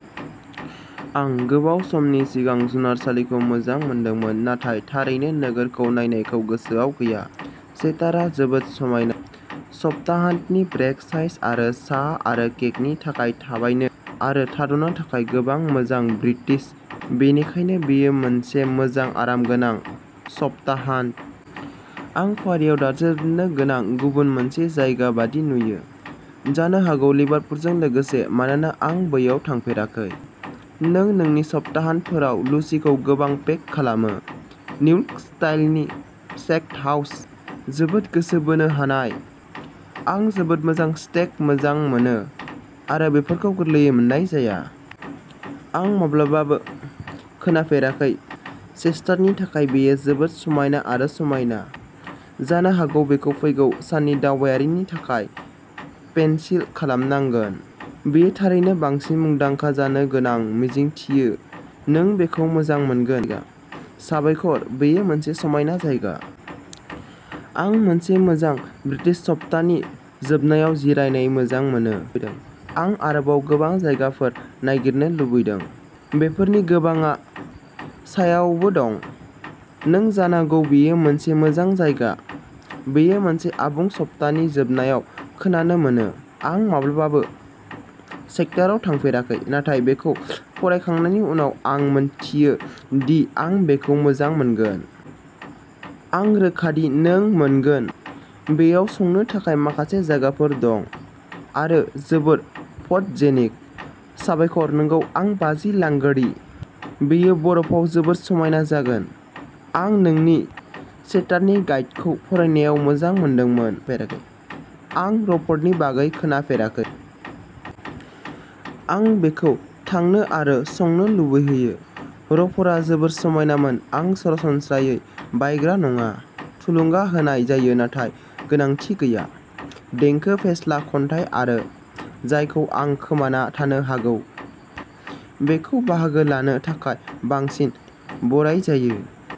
आं गोबाव समनि सिगां जुनारसालिखौ मोजां मोनदोंमोन, नाथाय थारैनो नोगोरखौ नायनायखौ गोसोआव गैया। चेस्टारा जोबोद समायना-सप्ताहान्तनि ब्रेक साइज आरो साहा आरो केकनि थाखाय थाबायनो आरो थाद'नो थाखाय गोबां मोजां बिट्स, बेनिखायनो बेयो मोनसे मोजां आरामगोनां सप्ताहान्त! आं फारियाव दाजाबदेरनो गोनां गुबुन मोनसे जायगा बायदि नुयो। जानो हागौ लिभारपुलजों लोगोसे, मानोना आं बैयाव थाफेराखै! नों नोंनि सप्ताहान्तफोराव लुसिखौ गोबां पेक खालामो! निउयर्क स्टाइलनि स्टेकहाउसा जोबोद गोसो बोनो हानाय। आं जोबोद मोजां स्टेक मोजां मोनो आरो बेफोरखौ गोरलैयै मोन्नाय जाया। आं माब्लाबाबो खोनाफेराखै। चेस्टारनि, नाथाय बेयो जोबोद समायना आरो समायना! जानो हागौ बेखौ फैगौ साननि दावबायनायनि थाखाय पेनसिल खालामनांगोन! बेयो थारैनो बांसिन मुंदांखा जानो गोनां-मिजिंथियो नों बेखौ मोजां मोनगोन! साबायखर, बेयो मोनसे समायना जायगा! आं मोनसे मोजां ब्रिटिश सप्तानि जोबनायाव जिरायनाय मोजां मोनो! आं आरोबाव गोबां जायगाफोर नागिरनो लुबैदों, बेफोरनि गोबांआ साहायावबो दं। नों जानांगौ, बेयो मोनसे मोजां जायगा! बेयो मोनसे आबुं सप्तानि जोबनायाव खोनानो मोनो! आं माब्लाबाबो चेस्टाराव थाफेराखै नाथाय बेखौ फरायखांनायनि उनाव आं मिथियो दि आं बेखौ मोजां मोनगोन। आं रोखा दि नों मोनगोन, बेयाव संनो थाखाय माखासे मोजां जायगाफोर दं-आरो जोबोद फट'जेनिक! साबायखर! नंगौ, आं बाजि लागोदि बेयो बरफआव जोबोद समायना जागोन। आं नोंनि चेस्टारनि गाइडखौ फरायनायाव मोजां मोनदोंमोन। आं र'फोरनि बागै खोनाफेराखैमोन। बेयो आंखौ थांनो आरो संनो लुबैहोयो! र'फोरा जोबोद मोजांमोन-आं सरासनस्रायै बायग्रा नङा। थुलुंगा होनाय जायो नाथाय गोनांथि गैया। देंखो, फेस्ला, खन्थाइ आरो जायखौ आं खोमाना थानो हागौ, बेखौ बाहागो लानो थाखाय बांसिन बराय जायो।